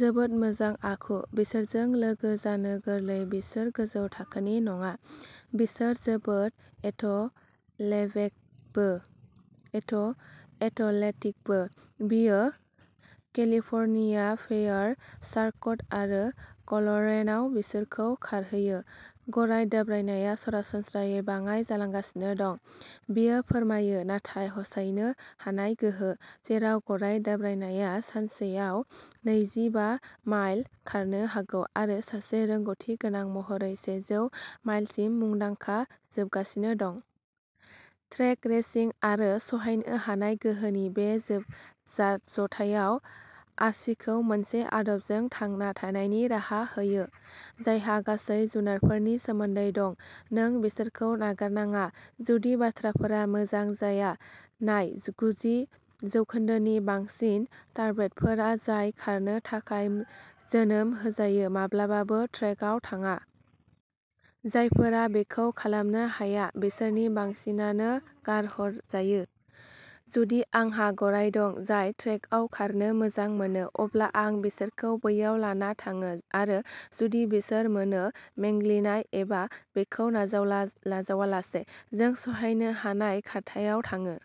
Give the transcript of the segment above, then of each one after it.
जोबोद मोजां आखु। बिसोरजों लोगो जानो गोरलै, बिसोर गोजौ थाखोनि नङा। बिसोर जोबोद एथ एथलेटिकबो। बियो केलिफर्निया फेयार सार्किट आरो कलरेड'आव बिसोरखौ खारहोयो। गराय दाब्रायनाया सरासनस्रायै बाङाइ जालांगासिनो दं, बियो फोरमायो, नाथाय सहायनो हानाय गोहो, जेराव गराय दाब्रायनाया सानसेयाव नैजि बा माइल खारनो हागौ आरो सासे रोंग'थि गोनां महरै सेजौ माइलसिम, मुंदांखा जाबोगासिनो दं। ट्रेक रेसिं आरो सहायनो हानाय गोहोनि बे जथाया आर्चीखौ मोनसे आदबजों थांना थानायनि राहा होयो, जायहा गासै जुनारफोरनि सोमोन्दै दं नों बिसोरखौ नागारनाङा, जुदि बाथ्राफोरा मोजां जाया। नाय, गुजि जौखोन्दोनि बांसिन थारब्रेडफोर जाय खारनो थाखाय जोनोम होजायो, माब्लाबाबो ट्रेकआव थाङा। जायफोरा बेखौ खालामनो हाया, बिसोरनि बांसिनानो गारहरजायो। आं बेबादि खालामनो हाया। जुदि आंहा गराय दं जाय ट्रेकआव खारनो मोजां मोनो, अब्ला आं बिसोरखौ बैयाव लाना थाङो आरो जुदि बिसोर मोनो मेंग्लिनाय एबा बेखौ नाजावालासे, जों सहायनो हानाय खारथायाव थाङो।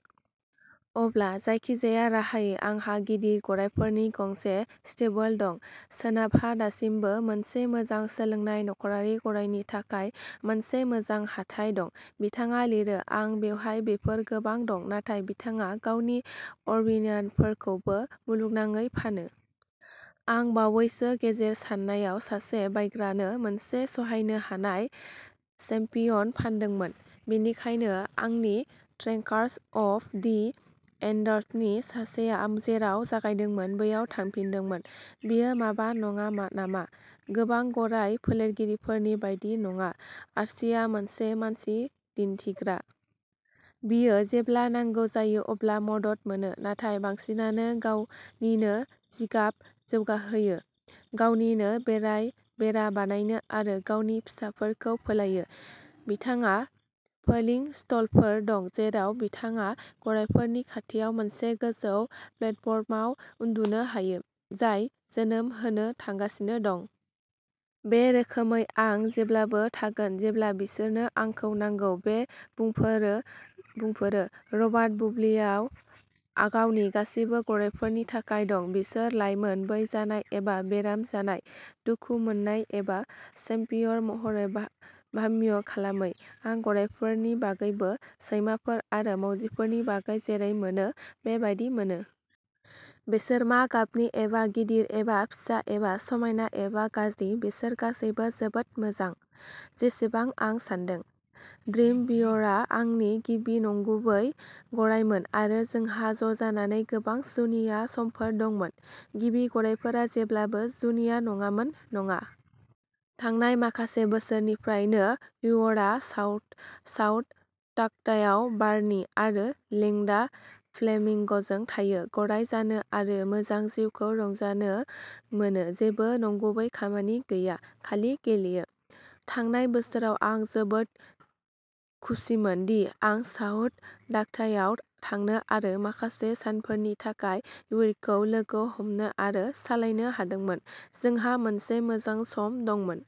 अब्ला जायखिजाया राहायै, आंहा गिदिर गरायफोरनि गंसे स्टेबल दं। सोनाबहा, दासिमबो मोनसे मोजां सोलोंजानाय नखरारि गरायनि थाखाय मोनसे मोजां हाथाय दं, बिथाङा लिरो आरो बिथांहा बेफोर गोबां दं। नाथाय बिथाङा गावनि आरबियानफोरखौबो मुलुगनाङै फानो। आं बावैसो गेजेर सानजायाव सासे बायग्रानो मोनसे सहायनो हानाय चेम्पियन फानदोंमोन, बेनिखायनो आंनि ड्रिंकार्स अफ दि उइन्ड'नि सासेया जेराव जागायदोंमोन बैयाव थांफिनदोंमोन। बेयो माबा नङा नामा? गोबां गराय फोलेरगिरिफोरनि बायदि नङा, आर्चीआ मोनसे मानसि दिन्थिग्रा। बियो जेब्ला नांगौ जायो अब्ला मदद मोनो, नाथाय बांसिनानो गावनिनो जिगाब जौगाहोयो, गावनिनो बेरा बानायो आरो गावनि फिसाफोरखौ फोलायो। बिथांहा फोलिं स्टलफोर दं जेराव बिथाङा गरायफोरनि खाथियाव मोनसे गोजौ प्लेटफर्माव उन्दुनो हायो जाय जोनोम होनो थांगासिनो दं। बे रोखोमै आं जेब्लाबो थागोन जेब्ला बिसोरनो आंखौ नांगौ, बियो बुंफोरो। रबार्ट बुलियारआ गावनि गासिबो गरायफोरनि थाखाय दं, बिसोर लाइमोन, बैसो जानाय एबा बेराम जानाय, दुखु मोननाय एबा चेम्पियन महरै ब्याम खालामै। आं गरायफोरनि बागैबो सैमाफोर आरो मावजिफोरनि बागै जेरै मोनो, बे बादिनो मोनो। बिसोर मा गाबनि एबा गिदिर एबा फिसा एबा समायना एबा गाज्रि बिसोर गासैबो जोबोद मोजां, जेसेबां आं सान्दों। ड्रिम वीवरआ आंनि गिबि नंगुबै गरायमोन आरो जोंहा ज' जानानै गोबां जुनिया समफोर दंमोन। गिबि गरायफोरा जेब्लाबो जुनिया, नंगौना नङा? थांनाय माखासे बोसोरफोरनिफ्राय वीवरआ साउथ साउथ डाकटायाव बार्नी आरो लिंडा फ्लेमिंगजों थायो, गराय जानो आरो मोजां जिउखौ रंजानो मोनो जेबो नंगुबै खामानि गैया, खालि गेलेयो। थांनाय बोसोराव आं जोबोद खुसिमोन दि आं साउथ डाकटायाव थांनो आरो माखासे सानफोरनि थाखाय वीवरखौ लोगो हमनो आरो सालायनो हादोंमोन। जोंहा मोनसे मोजां सम दंमोन।